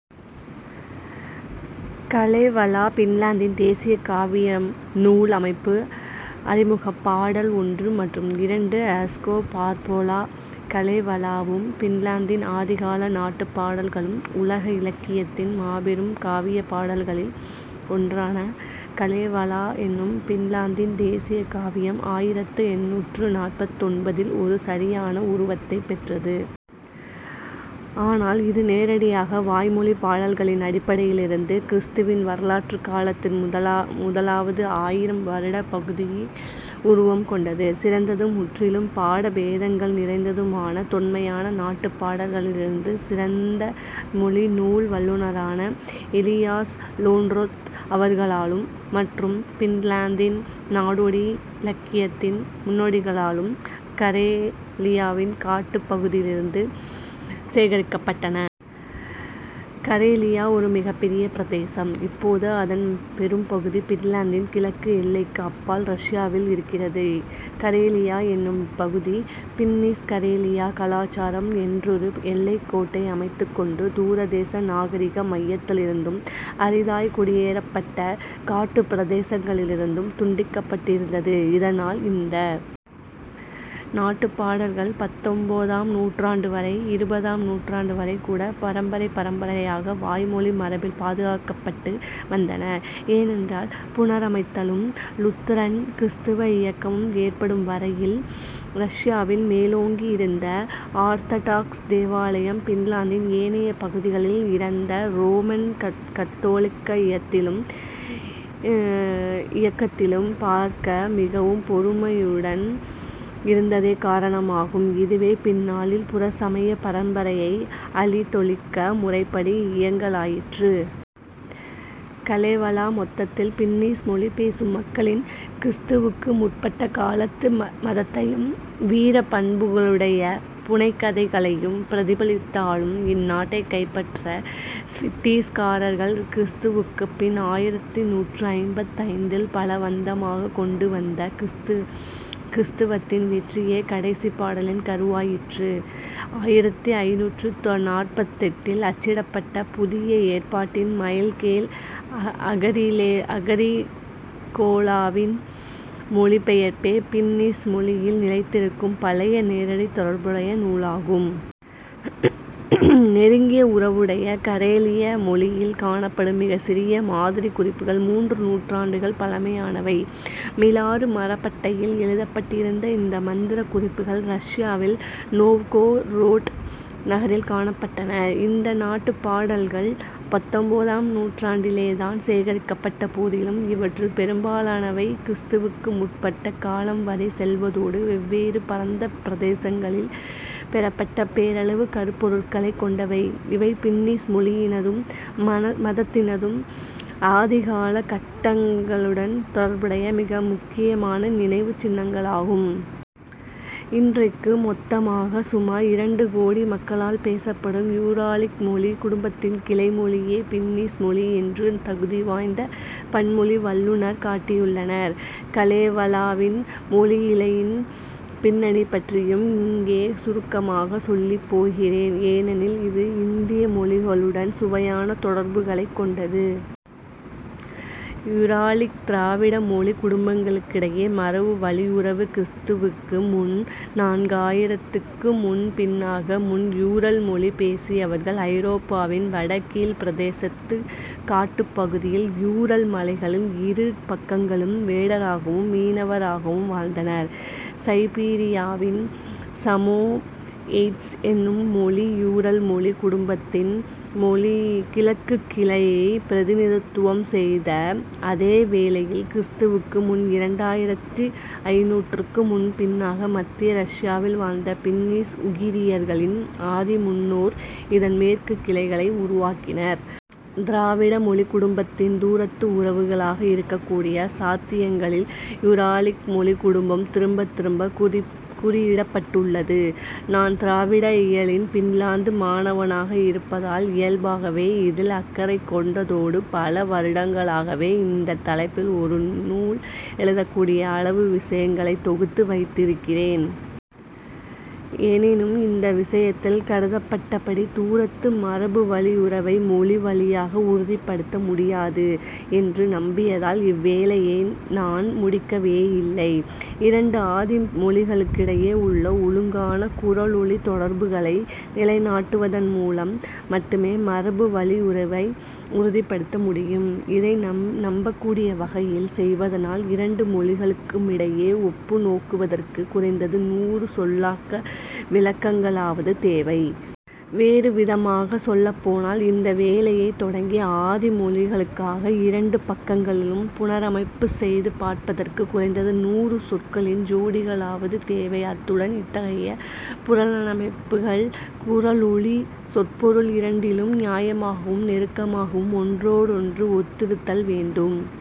Kalevala பின்லாந்தின் தேசிய காவியம் நூல் அமைப்பு அறிமுகம் பாடல் ஒன்று மற்றும் இரண்டு அஸ்கோ பார்பொலா கலேவலாவும் பின்லாந்தின் ஆதிகால நாட்டுப் பாடல்களும் உலக இலக்கியத்தின் மாபெரும் காவியப் பாடல்களில் ஒன்றான கலேவலா என்னும் பின்லாந்தின் தேசிய காவியம் ஆயிரத்து எண்ணூற்று நாற்பத்தொன்பதில் ஒரு சரியான உருவத்தைப் பெற்றது. ஆனால் இது நேரடியாக வாய்மொழிப் பாடல்களின் அடிப்படையிலிருந்து கிறிஸ்துவின் வரலாற்றுக் காலத்தின் முதலாவது ஆயிரம் வருடப் பகுதியில் உருவம் கொண்டது. சிறந்ததும் முற்றிலும் பாட பேதங்கள் நிறைந்ததுமான தொன்மையான நாட்டுப் பாடல்களிலிருந்து சிறந்த மொழிநூல் வல்லுநரான எலியாஸ் லொண்ரொத் அவர்களாலும் மற்றும் பின்லாந்தின் நாடோடி இலக்கியத்தின் முன்னோடிகளாலும் கரேலியாவின் காட்டுப் பகுதிகளிலிருந்து சேகரிக்கப்பட்டன. கரேலியா ஒரு மிகப்பெரிய பிரதேசம். இப்போது அதன் பெரும்பகுதி பின்லாந்தின் கிழக்கு எல்லைக்கு அப்பால் ரஷ்யாவில் இருக்கிறது. கரேலியா என்னும் இப்பகுதி பின்னிஷ் கரேலியா கலாச்சாரம் என்றொரு எல்லைக்கோட்டை அமைத்துக் கொண்டு தூரதேச நாகரிக மையங்களிலிருந்தும் அரிதாய்க் குடியேறப்பட்ட காட்டுப் பிரதேசங்களிலிருந்தும் துண்டிக்கப்பட்டிருந்தது. இதனால் இந்த நாட்டுப் பாடல்கள் பத்தொன்பதாம் நூற்றாண்டு வரை இருபதாம் நூற்றாண்டு வரைகூட பரம்பரை பரம்பரையாக வாய்மொழி மரபில் பாதுகாக்கப்பட்டு வந்தன ஏனென்றால் புனரமைத்தலும் லுத்தரன் கிறிஸ்தவ இயக்கமும் ஏற்படும் வரையில் ரஷ்யாவில் மேலோங்கியிருந்த ஆர்த்தடாக்ஸ் தேவாலயம் பின்லாந்தின் ஏனைய பகுதிகளில் இருந்த ரோமன் கத்தோலிக்க இயக்கத்திலும் பார்க்க மிகவும் பொறுமையுடன் இருந்ததே காரணமாகும் இதுவே பின்னாளில் புறச்சமயப் பரம்பரையை அழித்தொழிக்க முறைப்படி இயங்கலாயிற்று. கலேவலா மொத்தத்தில் பின்னிஷ் மொழி பேசும் மக்களின் கிறிஸ்துவுக்கு முற்பட்ட காலத்து மதத்தையும் வீரப்பண்புகளுடைய புனைகதைகளையும் பிரதிபலித்தாலும் இந்நாட்டைக் கைப்பற்றிய சுவீடிஷ்க்காரர் கிறிஸ்துவுக்குப் பின் ஆயிரத்து நூற்று ஐம்பத்தைந்தில் பலவந்தமாகக் கொண்டுவந்த கிறிஸ்தவத்தின் வெற்றியே கடைசிப் பாடலின் கருவாயிற்று. ஆயிரத்து ஐந்நூற்று நாற்பத்தெட்டில் அச்சிடப்பட்ட புதிய ஏற்பாட்டின் மைக்கேல் அகிரிகோலாவின் மொழிபெயர்ப்பே பின்னிஷ் மொழியில் நிலைத்திருக்கும் பழைய நேரடித் தொடர்புடைய நூலாகும். நெருங்கிய உறவுடைய கரேலிய மொழியில் காணப்படும் மிகச்சிறிய மாதிரிக் குறிப்புகள் மூன்று நூற்றாண்டுகள் பழமையானவை. மிலாறு மரப்பட்டையில் எழுதப்பட்டிருந்த இந்த மந்திரக் குறிப்புகள் ரஷ்யாவில் நோவ்கோரோட் நகரில் காணப்பட்டன. இந்த நாட்டுப் பாடல்கள் பத்தொன்பதாம் நூற்றாண்டிலேதான் சேகரிக்கப்பட்ட போதிலும் இவற்றில் பெரும்பாலானவை கிறிஸ்துவுக்கு முற்பட்ட காலம் வரை செல்வதோடு வெவ்வேறு பரந்த பிரதேசங்களில் பெறப்பட்ட பேரளவு கருப்பொருள்களைக் கொண்டவை இவை பின்னிஷ் மொழியினதும் மதத்தினதும் ஆதிகால கட்டங்களுடன் தொடர்புடைய மிக முக்கியமான நினைவுச் சின்னங்களாகும். இன்றைக்கு மொத்தமாகச் சுமார் இரண்டு கோடி மக்களால் பேசப்படும் யூராலிக் மொழிக் குடும்பத்தின் கிளைமொழியே பின்னிஷ் மொழி என்று தகுதி வாய்ந்த பன்மொழி வல்லுநர் காட்டியுள்ளனர். கலேவலாவின் மொழியியலின் பின்னணி பற்றியும் இங்கே சுருக்கமாகச் சொல்லப் போகிறேன் ஏனெனில் இது இந்திய மொழிகளுடன் சுவையான தொடர்புகளைக் கொண்டது. யூராலிக் திராவிட மொழிக் குடும்பங்களிடையே மரபுவழியுறவு கிறிஸ்துவுக்கு முன் நான்காயிரத்துக்கு முன்பின்னாக முன் யூரல் மொழி பேசியவர்கள் ஐரோப்பாவின் வடகீழ்ப் பிரதேசத்துக் காட்டுப் பகுதிகளில் யூரல் மலைகளின் இரு பக்கங்களிலும் வேடராகவும் மீனவராகவும் வாழ்ந்தனர். சைபீரியாவின் சமோயெட்ஸ் என்னும் மொழி யூரல் மொழிக் குடும்பத்தின் கிழக்குக் கிளையைப் பிரதிநிதித்துவம் செய்த அதே வேளையில் கிறிஸ்துவுக்கு முன் இரண்டாயிரத்து ஐந்நூற்றுக்கு முன்பின்னாக மத்திய ரஷ்யாவில் வாழ்ந்த பின்னிஷ் உகிரியர்களின் ஆதிமுன்னோர் இதன் மேற்குக் கிளையை உருவாக்கினர். திராவிட மொழிக் குடும்பத்தின் தூரத்து உறவுகளாக இருக்கக்கூடிய சாத்தியங்களில் யூராலிக் மொழிக் குடும்பம் திரும்பத் திரும்பக் குறிப்பிடப்பட்டுள்ளது. நான் திராவிட இயலின் பின்லாந்து மாணவனாக இருப்பதால் இயல்பாகவே இதில் அக்கறை கொண்டதோடு பல வருடங்களாகவே இந்தத் தலைப்பில் ஒரு நூல் எழுதக்கூடிய அளவு விஷயங்களைத் தொகுத்து வைத்திருக்கிறேன். எனினும் இந்த விஷயத்தில் கருதப்பட்டபடி தூரத்து மரபுவழியுறவை மொழி வழியாக உறுதிப்படுத்த முடியாது என்று நம்பியதால் இவ்வேலையை நான் முடிக்கவேயில்லை. இரண்டு ஆதி மொழிகளுக்கிடையே உள்ள ஒழுங்கான குரலொலித் தொடர்புகளை நிலைநாட்டுவதன் மூலம் மட்டுமே மரபுவழியுறவை உறுதிப்படுத்த முடியும். இதை நம்பக்கூடிய வகையில் செய்வதனால் இரண்டு மொழிகளுக்குமிடையே ஒப்புநோக்குவதற்குக் குறைந்தது நூறு சொல்லாக்க விளக்கங்களாவது தேவை. வேறு விதமாகச் சொல்லப் போனால் இந்த வேலையைத் தொடங்கி ஆதி மொழிகளுக்காக இரண்டு பக்கங்களிலும் புனரமைப்புச் செய்து பார்ப்பதற்குக் குறைந்தது நூறு சொற்களின் ஜோடிகளாவது தேவை அத்துடன் இத்தகைய புனரமைப்புகள் குரலொலி சொற்பொருள் இரண்டிலும் நியாயமாகவும் நெருக்கமாகவும் ஒன்றோடொன்று ஒத்திருத்தல் வேண்டும்.